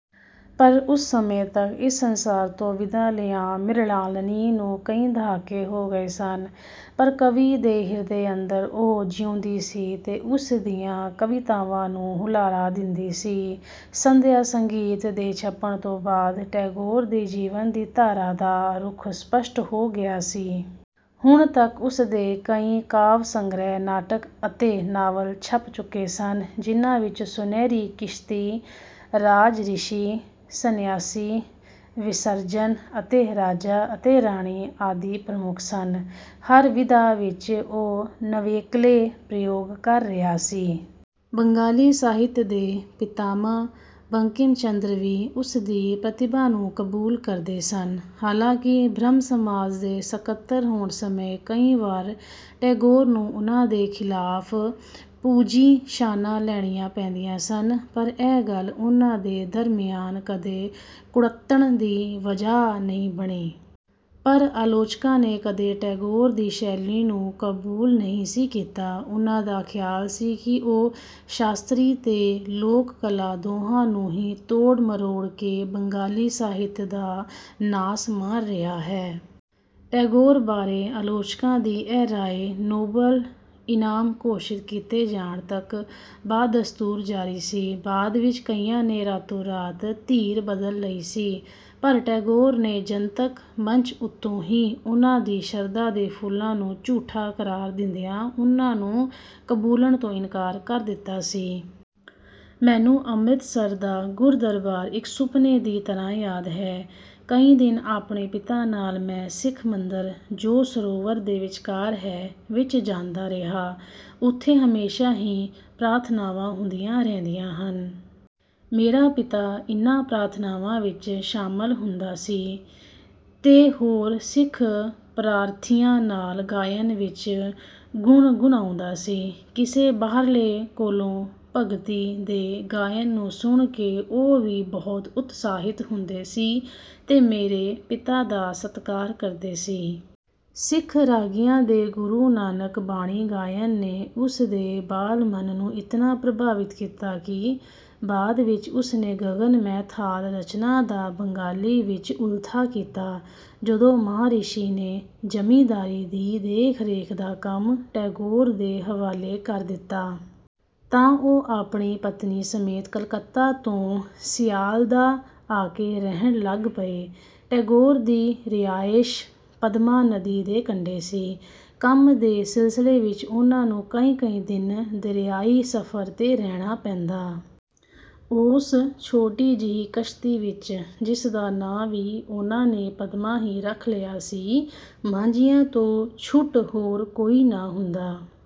ਪਰ ਉਸ ਸਮੇਂ ਤੱਕ ਇਸ ਸਂਸਾਰ ਤੋਂ ਵਿਦਾ ਲਿਆਂ ਮ੍ਰਿਣਾਲਨੀ ਨੂੰ ਕਈ ਦਹਾਕੇ ਹੋ ਗਏ ਸਨ। ਪਰ ਕਵੀ ਦੇ ਹਿਰਦੇ ਅੰਦਰ ਉਹ ਜਿਉਂਦੀ ਸੀ ਤੇ ਉਸ ਦੀਆਂ ਕਵਿਤਾਵਾਂ ਨੂੰ ਹੁਲਾਰਾ ਦਿੰਦੀ ਸੀ। "ਸੰਧਿਆ-ਸੰਗੀਤ" ਦੇ ਛਪਣ ਤੋਂ ਬਾਦ ਟੈਗੋਰ ਦੇ ਜੀਵਨ ਦੀ ਧਾਰਾ ਦਾ ਰੁਖ ਸਪਸ਼ਟ ਹੋ ਗਿਆ ਸੀ। ਹੁਣ ਤਕ ਉਸਦੇ ਕਈ ਕਾਵਿ-ਸੰਗ੍ਰਿਹ, ਨਾਟਕ ਅਤੇ ਨਾਵਲ ਛਪ ਚੁਕੇ ਸਨ, ਜਿਨ੍ਹਾ ਵਿੱਚ ਸੁਨਹਿਰੀ ਕਿਸ਼ਤੀ, ਰਾਜਰਿਸ਼ੀ, ਸਨਿਆਸੀ, ਵਿਸਰਜਨ ਤੇ ਰਾਜਾ ਅਤੇ ਰਾਣੀ ਆਦਿ ਪ੍ਰਮੁਖ ਸਨ। ਹਰ ਵਿਧਾ ਵਿੱਚ ਉਹ ਨਵੇਕਲੇ ਪ੍ਰਯੋਗ ਕਰ ਰਿਹਾ ਸੀ। ਬੰਗਾਲੀ ਸਾਹਿਤ ਦੇ ਪਿਤਾਮਹ ਬੰਕਿਮ ਚੰਦਰ ਵੀ ਉਸਦੀ ਪ੍ਰਤਿਭਾ ਨੂੰ ਕਬੂਲ ਕਰਦੇ ਸਨ। ਹਾਲਾਂਕਿ ਬ੍ਰਹਮ-ਸਮਾਜ ਦੇ ਸਕਤਰ ਹੋਣ ਸਮੇਂ ਕਈ ਵਾਰ ਟੈਗੋਰ ਨੂੰ ਉਨ੍ਹਾ ਦੇ ਖਿਲਾਫ਼ ਪੁਜੀਸ਼ਾਨਾਂ ਲੈਣੀਆਂ ਪੈਂਦੀਆਂ ਸਨ। ਪਰ ਇਹ ਗੱਲ ਉਨ੍ਹਾ ਦੇ ਦਰਮਿਆਨ ਕਦੇ ਕੁੜਤਣ ਦੀ ਵਜਾਹ ਨਹੀਂ ਬਣੀ। ਪਰ ਆਲੋਚਕਾਂ ਨੇ ਕਦੇ ਟੈਗੋਰ ਦੀ ਸ਼ੈਲੀ ਨੂੰ ਕਬੂਲ ਨਹੀਂ ਸੀ ਕੀਤਾ। ਉਨ੍ਹਾ ਦਾ ਖਿਆਲ ਸੀ ਕਿ ਉਹ ਸ਼ਾਸਤਰੀ ਤੇ ਲੋਕ-ਕਲਾ ਦੋਹਾਂ ਨੂੰ ਹੀ ਤੋੜ-ਮਰੋੜ ਕੇ ਬੰਗਾਲੀ ਸਾਹਿਤ ਦਾ ਨਾਸ ਮਾਰ ਰਿਹਾ ਹੈ। ਟੈਗੋਰ ਬਾਰੇ ਆਲੋਚਕਾਂ ਦੀ ਇਹ ਰਾਇ ਨੋਬਲ-ਈਨਾਮ ਘੋਸ਼ਿਤ ਕੀਤੇ ਜਾਣ ਤਕ ਬਾਦਸਤੂਰ ਜਾਰੀ ਸੀ। ਬਾਦ ਵਿੱਚ ਕਈਆਂ ਨੇ ਰਾਤੋ-ਰਾਤ ਧਿਰ ਬਦਲ ਲਈ ਸੀ। ਪਰ ਟੈਗੋਰ ਨੇ ਜਨਤਕ ਮੰਚ ਉੱਤੋਂ ਹੀ ਉਨ੍ਹਾ ਦੀ ਸ਼ਰਧਾ ਦੇ ਫੁੱਲਾਂ ਨੂੰ ਝੂਠਾ ਕਰਾਰ ਦਿੰਦਿਆਂ ਉਨ੍ਹਾਂ ਨੂੰ ਕਬੂਲਣ ਤੋਂ ਇਨਕਾਰ ਕਰ ਦਿੱਤਾ ਸੀ। ਮੈਨੂੰ ਅੰਮ੍ਰਿਤਸਰ ਦਾ ਗੁਰਦਰਬਾਰ ਇਕ ਸੁਪਨੇ ਦੀ ਤਰਾਂ ਯਾਦ ਹੈ। ਕਈ ਦਿਨ ਆਪਣੇ ਪਿਤਾ ਨਾਲ ਮੈਂ ਸਿੱਖ ਮੰਦਰ ਜੋ ਸਰੋਵਰ ਦੇ ਵਿਚਕਾਰ ਹੈ, ਵਿੱਚ ਜਾਂਦਾ ਰਿਹਾ। ਉਥੇ ਹਮੇਸ਼ਾ ਹੀ ਪ੍ਰਾਰਥਨਾਵਾਂ ਹੁੰਦੀਆਂ ਰਹਿੰਦੀਆਂ ਹਨ। ਮੇਰਾ ਪਿਤਾ ਇਨ੍ਹਾਂ ਪ੍ਰਾਰਥਨਾਵਾਂ ਵਿੱਚ ਸ਼ਾਮਲ ਹੁੰਦਾ ਸੀ ਤੇਹੋਰ ਸਿੱਖ ਪ੍ਰਾਰਥੀਆਂ ਨਾਲ ਗਾਇਨ ਵਿੱਚ ਗੁਣਗੁਨਾਂਉਦਾ ਸੀ। ਕਿਸੇ ਬਾਹਰਲੇ ਕੋਲੋਂ ਭਗਤੀ ਦੇ ਗਾਇਨ ਨੂੰ ਸੁਣ ਕੇ ਉਹ ਵੀ ਬਹੁਤ ਉਤਸਾਹਿਤ ਹੁੰਦੇ ਸੀ ਤੇ ਮੇਰੇ ਪਿਤਾ ਦਾ ਸਤਕਾਰ ਕਰਦੇ ਸੀ। ਸਿੱਖ ਰਾਗੀਆਂ ਦੇ ਗੁਰੂ ਨਾਨਕ ਬਾਣੀ ਗਾਇਨ ਨੇ ਉਸ ਦੇ ਬਾਲ ਮਨ ਨੂੰ ਇਤਨਾ ਪ੍ਰਭਾਵਿਤ ਕੀਤਾ ਕਿ ਬਾਦ ਵਿੱਚ ਉਸ ਨੇ " ਗਗਨ ਮੈਂ ਥਾਲ" ਰਚਨਾ ਦਾ ਬੰਗਾਲੀ ਵਿੱਚ ਉਲਥਾ ਕੀਤਾ। ਜਦੋ ਮਹਾਰਿਸ਼ੀ ਨੇ ਜ਼ਮੀਂਦਾਰੀ ਦੀ ਦੇਖਰੇਖ ਦਾ ਕੰਮ ਟੈਗੋਰ ਦੇ ਹਵਾਲੇ ਕਰ ਦਿੱਤਾ। ਤਾਂ ਉਹ ਆਪਣੀ ਪਤਨੀ ਸਮੇਤ ਕਲਕੱਤਾ ਤੋਂ ਸਿਆਲਦਾਅ ਆਕੇ ਰਹਿਣ ਲਗ ਪਏ। ਟੈਗੋਰ ਦੀ ਰਿਹਾਇਸ਼ ਪਦਮਾ ਨਦੀ ਦੇ ਕੰਡੇ ਸੀ। ਕੰਮ ਦੇ ਸਿਲਸਿਲੇ ਵਿੱਚ ਉਨ੍ਹਾ ਨੂੰ ਕਈ-ਕਈ ਦਿਨ ਦਰਿਆਈ ਸਫ਼ਰ 'ਤੇ ਰਹਿਣ ਪੈਂਦਾ। ਉਸ ਛੋਟੀ ਜਿਹੀ ਕਸ਼ਤੀ ਵਿੱਚ, ਜਿਸਦਾ ਨਾਂ ਵੀ ਉਨ੍ਹਾ ਨੇ ਪਦਮਾ ਹੀ ਰਖ ਲਿਆ ਸੀ, ਮਾਂਝੀਆਂ ਤੋਂ ਛੁੱਟ ਹੋਰ ਕੋਈ ਨਾ ਹੁੰਦਾ।